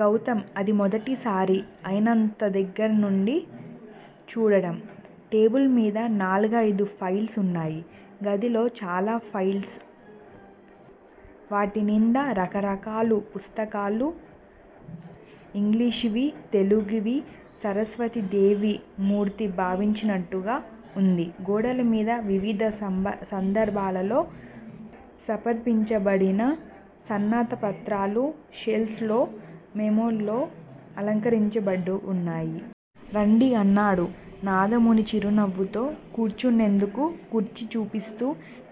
గౌతమ్ అది మొదటిసారి ఆయన్నంత దగ్గరినుంచి చూడడం. టేబుల్ మీద నాలుగయిదు ఫైల్స్ ఉన్నాయి. గదిలో చాలా షెల్స్. వాటినిండా రకరకాలు పుస్తకాలు _ యింగ్లీషువీ, తెలుగువీ సరస్వతీదేవి మూర్తీ భవించినట్లుగా వుంది. గోడలమీద వివిధ సందర్భాలల్లో సపర్పించబడిన సన్మానపత్రాలు, షెల్స్ లలో మెమెంటోలు అలంకరించబడిఉన్నాయి. రండి అన్నాడు నాదముని చిరునవ్వుతో కూర్చునేందుకు కుర్చీచూపిస్తూ.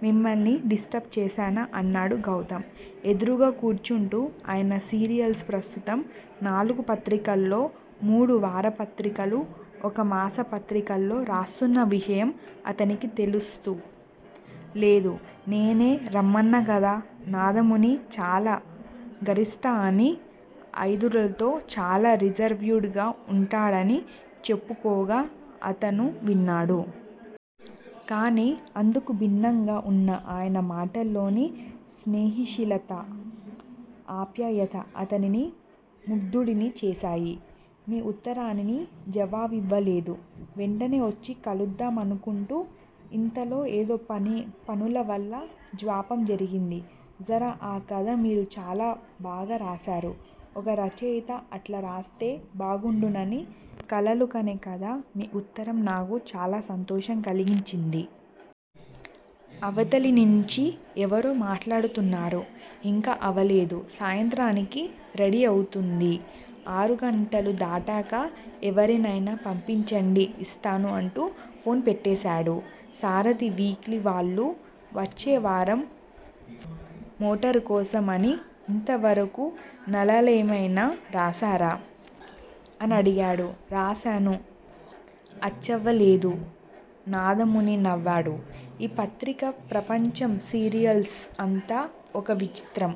మిమ్మల్ని డిస్టర్బ్ చేశానా? అన్నాడు గౌతమ్ ఎదురుగా కూర్చుంటూ. అయన సీరియల్స్ ప్రస్తుతం నాలుగు పత్రికల్లో, మూడువారపత్రికలు. ఒక మాసపత్రికలో రాస్తున్న విషయం అతనికి తెలుసు. లేదు. నేనే రమ్మన్నకదా. నాదముని చాలా గర్విష్టఅనీ, యితరులతో చాలా రిజర్వడ్ గా వుంటారని చెప్పుకోగా అతను విన్నాడు. కాని అందుకుభిన్నంగా ఉన్న అయన మాటల్లోని స్నేహిశీలత ఆప్యాయత అతనిని ముగ్దుడిని చేశాయి. మీ ఉత్తరానికి జావాబివ్వలేదు _ వెంటనే వొచ్చి కలుద్దామానుకుంటూ ఇంతలో ఏదో పనులవల్ల జాప్యం జరిగింది. 'జర' _ ఆ కథ మీరు చాలా బాగారాశారు. ఒక రచయితా అట్లారాస్తే బాగుండునని కలలుకనే కథ మీ ఉత్తరం నాకు చాలాసంతోషం కలిగించింది. అవతలినించి ఎవరో మాట్లాడుతున్నారు. ఇంకా అవలేదు, సాయంత్రానికి రెడీఅవుతుంది. ఆరు గంటలు దాటాక ఎవరినయినా పంపించండి యిస్తాను అంటూ ఫోన్ పెట్టెశాడు. సారధి వీక్లీ వాళ్ళు వొచ్చేవారం మేటర్ కోసం _ అని, యింతవరకూ నలలలేమైనా రాశారా? అనడిగాడు. రాశాను అచ్చవలేదు? నాదముని నవ్వాడు. ఈ పత్రికా ప్రపంచం సీరియల్స్ అంతా ఒక విచిత్రం.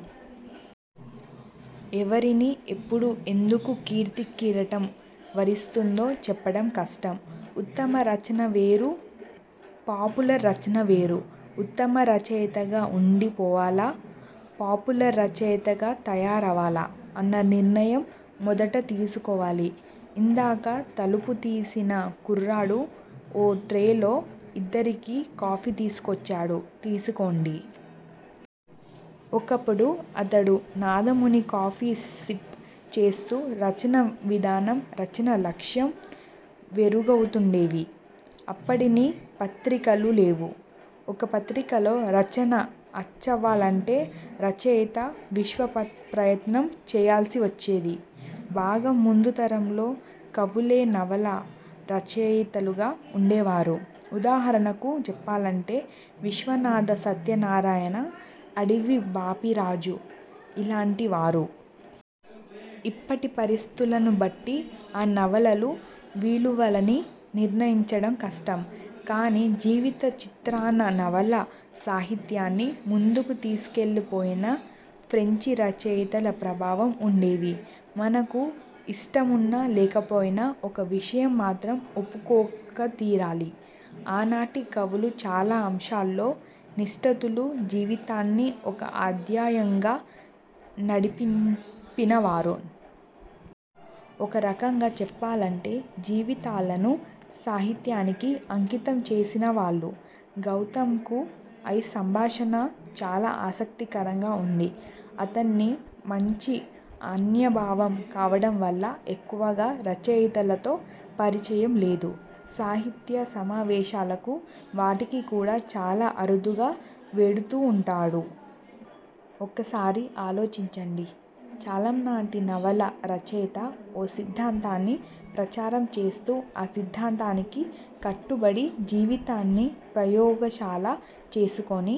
ఎవరిని ఎప్పుడు ఎందుకు కీర్తీ కిరీటం వరిస్తుందో చెప్పటంకష్టం ఉత్తమ రచన వేరు. పాప్యులర్ రచన వేరు. ఉత్తమ రచయితగా వుండి పోవాలా? పాప్యులర్ రచయితగా తయారవాలా_ అన్న నిర్ణయం మొదట తీసుకోవాలి. ఇందాక తలుపుతీసిన కుర్రాడు ఓ ట్రేలో యిద్దరికీ కాఫీ తీసుకొచ్చాడు. తీసుకొండి. ఒకప్పుడు అన్నాడు నాదముని కాఫీ సిఫ్ చేస్తూ _ రచనా విధానం, రచనా లక్ష్యం వేరుగావుండేవి. అప్పుడిన్ని పత్రికలూ లేవు. ఓ పత్రికలో రచన అచ్చవ్వలంటే రచయితా విశ్వప్రయత్నం చేయాల్సివచ్చేది. బాగా ముందుతరంలో కవులే నవలా రచయితలుగా వుండేవారు. ఉదాహరణకు చెప్పాలంటే విశ్వనాథ సత్యనారాయణ, అడవి బాపిరాజు _ ఇలాంటి వారు. ఇప్పటి పరిస్థతులనుబట్టి ఆ నవలలు విలువలని నిర్ణయించడం కష్టం. కానీ జీవిత చిత్రణ నవలా సాహిత్యాన్ని ముందుకు తీసుకెళ్ళిపోయిన ఫ్రెంచి రచయితల ప్రభావం వుండేది. మనకు యిష్టంవున్నా, లేకపోయినా ఒక విషయం మాత్రం ఒప్పుకోకునితీరాలి. ఆనాటి కవులు చాలా అంశాల్లో నిష్టాతులు, జీవితాన్ని ఒక అధ్యయంగా నడిపినవారు. ఒక రకంగా చెప్పాలంటే జీవితాలను సాహిత్యానికి అంకితంచేసిన వాళ్ళు. గౌతమ్ కు యీ సంబాషణ చాలా ఆసక్తికరంగా వుంది. అతని మంచి అన్యభావం కావటంవల్ల ఎక్కువగా రచయితలతో పరిచయం లేదు. సాహిత్య సమావేశాలకూ వాటికి కూడా చాలా అరుదుగా వెడుతూ వుంటాడు. ఒక్కసారి ఆలోచించండి. చలంలాంటి నవలా రచయితా ఓ సిద్దాంతాన్ని ప్రచారం చేస్తూ ఆ సిద్దాంతానికి కట్టుబడి జీవితాన్ని ప్రయోగషాల చేసుకుని.